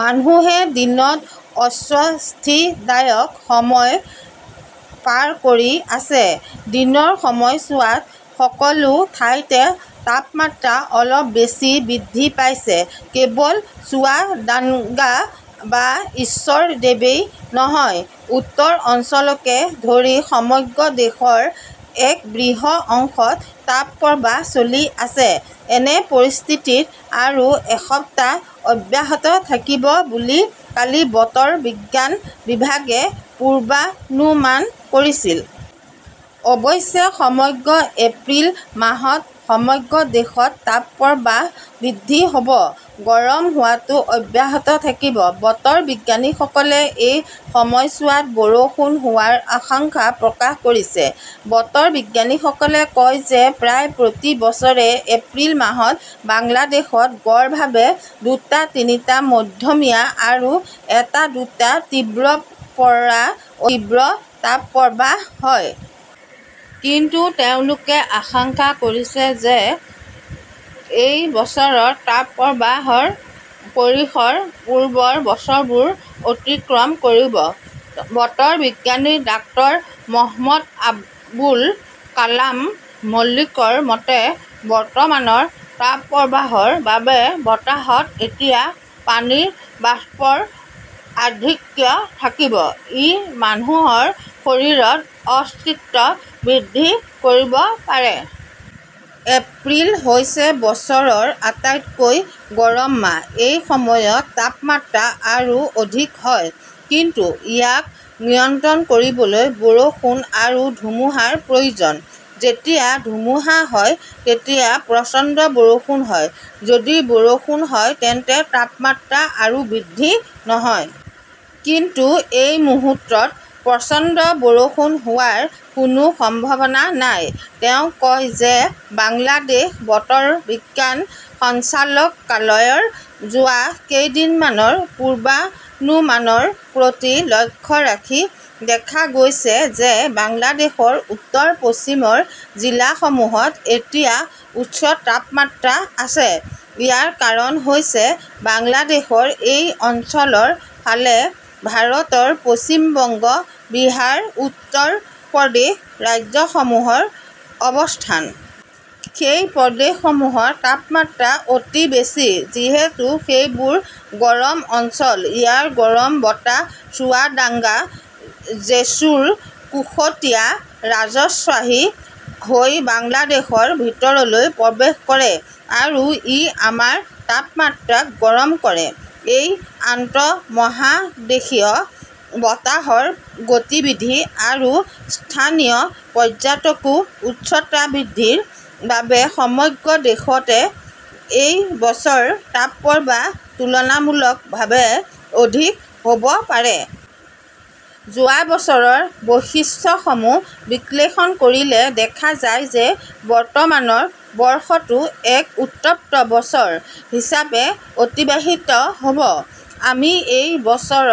মানুহে দিনত অস্বস্তিদায়ক সময় পাৰ কৰি আছে। দিনৰ সময়ছোৱাত সকলো ঠাইতে তাপমাত্ৰা অলপ বেছি বৃদ্ধি পাইছে। কেৱল চুৱাদাঙ্গা বা ঈশ্বৰদেৱেই নহয়, উত্তৰ অঞ্চলকে ধৰি সমগ্ৰ দেশৰ এক বৃহৎ অংশত তাপপ্ৰবাহ চলি আছে। এনে পৰিস্থিতি আৰু এসপ্তাহ অব্যাহত থাকিব বুলি কালি বতৰ বিজ্ঞান বিভাগে পূৰ্বানুমান কৰিছিল। অৱশ্যে সমগ্ৰ এপ্ৰিল মাহত সমগ্ৰ দেশতে তাপপ্ৰবাহ বৃদ্ধি হʼব। গৰম হোৱাটো অব্যাহত থাকিব। বতৰ বিজ্ঞানীসকলে এই সময়ছোৱাত বৰষুণ হোৱাৰ আশংকা প্ৰকাশ কৰিছে। বতৰ বিজ্ঞানীসকলে কয় যে প্ৰায় প্ৰতি বছৰে এপ্ৰিল মাহত বাংলাদেশত গড়ভাৱে দুটা-তিনিটা মধ্যমীয়া আৰু এটা-দুটা তীব্ৰ পৰা অতি তীব্ৰ তাপপ্ৰবাহ হয়। কিন্তু তেওঁলোকে আশংকা কৰিছে যে এই বছৰৰ তাপপ্ৰবাহৰ পৰিসৰ পূৰ্বৰ বছৰবোৰ অতিক্ৰম কৰিব। বতৰ বিজ্ঞানী ডাক্তৰ মহম্মদ আবুল কালাম মল্লিকৰ মতে, বৰ্তমানৰ তাপপ্ৰবাহৰ বাবে বতাহত এতিয়া পানীৰ বাষ্পৰ আধিক্য থাকিব। ই মানুহৰ শৰীৰত অস্তিত বৃদ্ধি কৰিব পাৰে। এপ্ৰিল হৈছে বছৰৰ আটাইতকৈ গৰম মাহ। এই সময়ত তাপমাত্ৰা আৰু অধিক হয়। কিন্তু ইয়াক নিয়ন্ত্ৰণ কৰিবলৈ বৰষুণ আৰু ধুমুহাৰ প্ৰয়োজন। যেতিয়া ধুমুহা হয়, তেতিয়া প্ৰচণ্ড বৰষুণ হয়। যদি বৰষুণ হয় তেন্তে তাপমাত্ৰা আৰু বৃদ্ধি নহয়। কিন্তু এই মুহূৰ্তত প্ৰচণ্ড বৰষুণ হোৱাৰ কোনো সম্ভাৱনা নাই। তেওঁ কয় যে বাংলাদেশ বতৰ বিজ্ঞান সঞ্চালকালয়ৰ যোৱা কেইদিনমানৰ পূৰ্বানুমানৰ প্ৰতি লক্ষ্য ৰাখি দেখা গৈছে যে বাংলাদেশৰ উত্তৰ-পশ্চিমৰ জিলাসমূহত এতিয়া উচ্চ তাপমাত্ৰা আছে। ইয়াৰ কাৰণ হৈছে বাংলাদেশৰ সেই অঞ্চলৰ ফালে ভাৰতৰ পশ্চিম বংগ, বিহাৰ, উত্তৰ প্ৰদেশ ৰাজ্যসমূহৰ অৱস্থান। সেই প্ৰদেশসমূহৰ তাপমাত্ৰা অতি বেছি। যিহেতু সেইবোৰ গৰম অঞ্চল, ইয়াৰ গৰম বতাহ চুৱাদাঙ্গা, জেছুৰ, কুশটিয়া, ৰাজশ্বাহী হৈ বাংলাদেশৰ ভিতৰলৈ প্ৰৱেশ কৰে আৰু ই আমাৰ তাপমাত্ৰাক গৰম কৰে। এই আন্তঃমহাদেশীয় বতাহৰ গতিবিধি আৰু স্থানীয় পৰ্যায়তো উষ্ণতা বৃদ্ধিৰ বাবে সমগ্ৰ দেশতে এই বছৰ তাপপ্ৰবাহ তুলনামূলকভাৱে অধিক হ 'ব পাৰে। যোৱা বছৰৰ বৈশিষ্ট্যসমূহ বিশ্লেষণ কৰিলে দেখা যায় যে বৰ্তমানৰ বৰ্ষটো এক উত্তপ্ত বছৰ হিচাপে অতিবাহিত হ 'ব। আমি এই বছৰ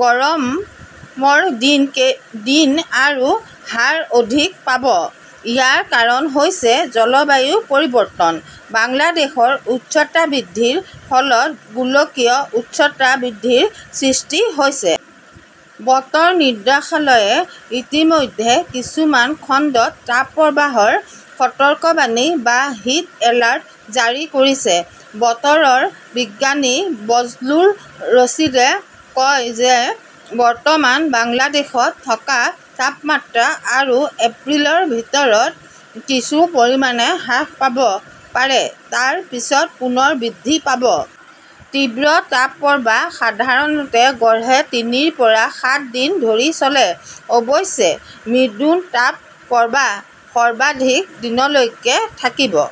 গৰমৰ দিন আৰু হাৰ অধিক পাব। ইয়াৰ কাৰণ হৈছে জলবায়ু পৰিৱৰ্তন। বাংলাদেশৰ উষ্ণতা বৃদ্ধিৰ ফলত গোলকীয় উষ্ণতা বৃদ্ধিৰ সৃষ্টি হৈছে। বতৰ নিৰ্দেশালয়ে ইতিমধ্যে কিছুমান খণ্ডত তাপপ্ৰবাহৰ সতৰ্কবাণী বা 'হিট এলাৰ্ট জাৰি কৰিছে। বতৰ বিজ্ঞানী বজলুৰ ৰছিদে কয় যে বৰ্তমান বাংলাদেশত থকা তাপমাত্ৰা আৰু এপ্ৰিলৰ ভিতৰত কিছু পৰিমাণে হ্ৰাস পাব পাৰে। তাৰ পিছত পুনৰ বৃদ্ধি পাব। তীব্ৰ তাপপ্ৰবাহ সাধাৰণতে গড়ে তিনিৰ পৰা সাত দিন ধৰি চলে। অৱশ্যে মৃদু তাপপ্ৰবাহ সৰ্বাধিক দিনলৈকে থাকিব।